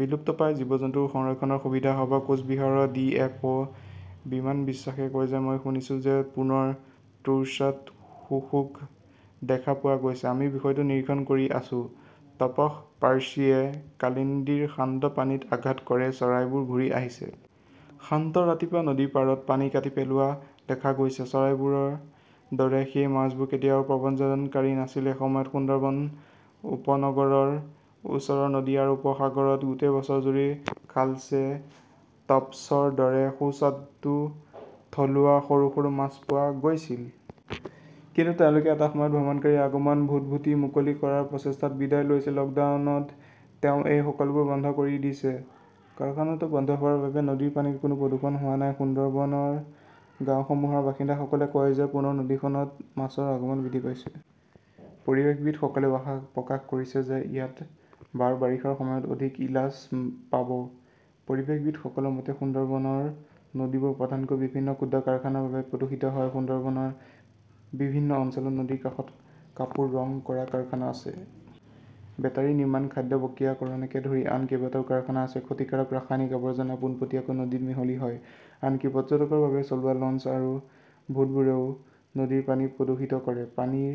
বিলুপ্তপ্ৰায় জীৱ-জন্তুৰ সংৰক্ষণৰ সুবিধা হব। কোচ বিহাৰৰ ডি. এফ. অ '. বিমান বিশ্বাসে কয়, মই শুনিছোঁ যে পুনৰ টোৰ্চাত শুশুক দেখা পোৱা গৈছে। আমি বিষয়টো নিৰীক্ষণ কৰি আছো। টপস-পাৰ্চিয়ে কালিন্দিৰ শান্ত পানীত আঘাত কৰে চৰাইবোৰ ঘূৰি আহিছে। শান্ত ৰাতিপুৱা নদীৰ পাৰত পানী কাটি পেলোৱা দেখা গৈছে। চৰাইবোৰৰ দৰে সেই মাছবোৰ কেতিয়াও প্ৰব্ৰজনকাৰী নাছিল। এসময়ত সুন্দৰবন উপনগৰৰ ওচৰৰ নদী আৰু উপসাগৰত গোটেই বছৰজুৰি খালছে, টপ্সৰ দৰে সুস্বাদু থলুৱা সৰু-সৰু মাছ পোৱা গৈছিল। কিন্তু তেওঁলোকে এটা সময়ত ভ্ৰমণকাৰীৰ আগমন, ভূতভুটি-মুকলি কৰাৰ প্ৰচেষ্টাত বিদায় লৈছিল। লকডাউনত তেওঁ এই সকলোবোৰ বন্ধ কৰি দিছে। কাৰখানাটো বন্ধ হোৱাৰ বাবে নদীৰ পানীত কোনো প্ৰদূষণ হোৱা নাই। সুন্দৰবনৰ গাঁওসমূহৰ বাসিন্দাসকলে কয় যে পুনৰ নদীখনত মাছৰ আগমন বৃদ্ধি পাইছে। পৰিৱেশবিদসকলেও আশা প্ৰকাশ কৰিছে যে ইয়াত বাৰ বাৰিষাৰ সময়ত অধিক ইলাছ পাব। পৰিৱেশবিদসকলৰ মতে, সুন্দৰবনৰ নদীবোৰ প্ৰধানকৈ বিভিন্ন ক্ষুদ্ৰ কাৰখানাৰ বাবে প্ৰদূষিত হয়। সুন্দৰবনৰ বিভিন্ন অঞ্চলত নদীৰ কাষত কাপোৰ ৰং কৰা কাৰখানা আছে। বেটাৰি নিৰ্মাণ, খাদ্য প্ৰক্ৰিয়াকৰণকে ধৰি আন কেইবাটাও কাৰখানা আছে। ক্ষতিকাৰক ৰাসায়নিক আৱৰ্জনা পোনপটীয়াকৈ নদীত মিহলি হয়। আনকি পৰ্যটকৰ বাবে চলোৱা লঞ্চ আৰু ভূতবোৰেও নদীৰ পানী প্ৰদূষিত কৰে। পানীৰ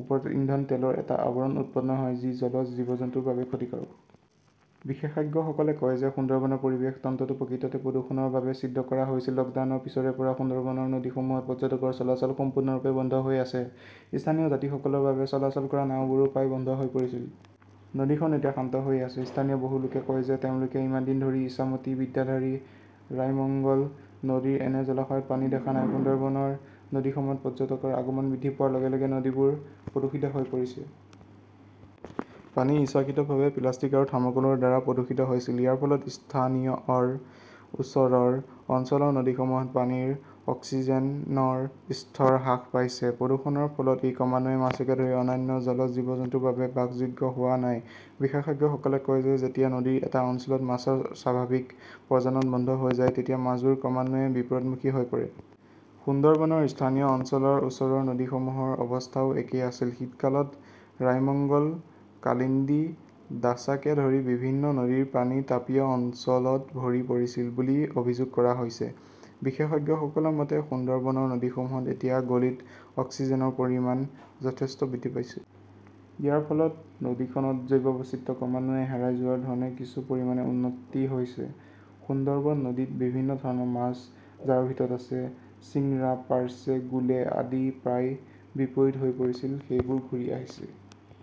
ওপৰত ইন্ধন তেলৰ এটা আৱৰণ উৎপন্ন হয়, যি জলজ জীৱ-জন্তুৰ বাবে ক্ষতিকাৰক। বিশেষজ্ঞসকলে কয় যে সুন্দৰবনৰ পৰিৱেশ তন্ত্ৰটো প্ৰকৃততে প্ৰদূষণৰ বাবে ছিদ্ৰ কৰা হৈছিল। লকডাউনৰ পিছৰে পৰা সুন্দৰবনৰ নদীসমূহত পৰ্যটকৰ চলাচল সম্পূৰ্ণৰূপে বন্ধ হৈ আছে। স্থানীয় যাত্ৰীসকলৰ বাবে চলাচল কৰা নাওবোৰো প্ৰায় বন্ধ হৈ পৰিছিল। নদীখন এতিয়া শান্ত হৈ আছে। স্থানীয় বহু লোকে কয় যে তেওঁলোকে ইমান দিন ধৰি ইছামতী, বিদ্যাধৰী, ৰায়মঙ্গল নদীৰ এনে জলাশয়ত পানী দেখা নাই। সুন্দৰবনৰ নদীসমূহত পৰ্যটকৰ আগমন বৃদ্ধি পোৱাৰ লগে-লগে নদীবোৰ প্ৰদূষিত হৈ পৰিছে। পানী ইচ্ছাকৃতভাৱে প্লাষ্টিক আৰু থৰ্মকলৰ দ্বাৰা প্ৰদূষিত হৈছিল। ইয়াৰ ফলত স্থানীয়য়ৰ ওচৰৰ অঞ্চলৰ নদীসমূহত পানীৰ অক্সিজেনৰ স্তৰ হ্ৰাস পাইছে। প্ৰদূষণৰ ফলত ই ক্ৰমান্বয়ে মাছকে ধৰি অন্যান্য জলজ জীৱ-জন্তুৰ বাবে বাসযোগ্য হোৱা নাই। বিশেষজ্ঞসকলে কয় যে যেতিয়া নদীৰ এটা অঞ্চলত মাছৰ স্বাভাৱিক প্ৰজনন বন্ধ হৈ যায়, তেতিয়া মাছবোৰ ক্ৰমান্বয়ে বিপৰীতমুখী হৈ পৰে। সুন্দৰবনৰ স্থানীয় অঞ্চলৰ ওচৰৰ নদীসমূহৰ অৱস্থাও একেই আছিল। শীতকালত ৰায়মঙ্গল, কালিন্দি, দাছাকে ধৰি বিভিন্ন নদীৰ পানী তাপীয় অঞ্চলত ভৰি পৰিছিল বুলি অভিযোগ কৰা হৈছে। বিশেষজ্ঞসকলৰ মতে, সুন্দৰবনৰ নদীসমূহত এতিয়া গলিত অক্সিজেনৰ পৰিমাণ যথেষ্ট বৃদ্ধি পাইছে। ইয়াৰ ফলত নদীখনত জৈৱ বৈচিত্ৰ্য ক্ৰমান্বয়ে হেৰাই যোৱাৰ ধৰণে কিছু পৰিমাণে উন্নতি হৈছে। সুন্দৰবন নদীত বিভিন্ন ধৰণৰ মাছ, যাৰ ভিতৰত আছে চিংৰা, পাৰ্চে, গুলে আদি, প্ৰায় বিপৰীত হৈ পৰিছিল। সেইবোৰ ঘূৰি আহিছে।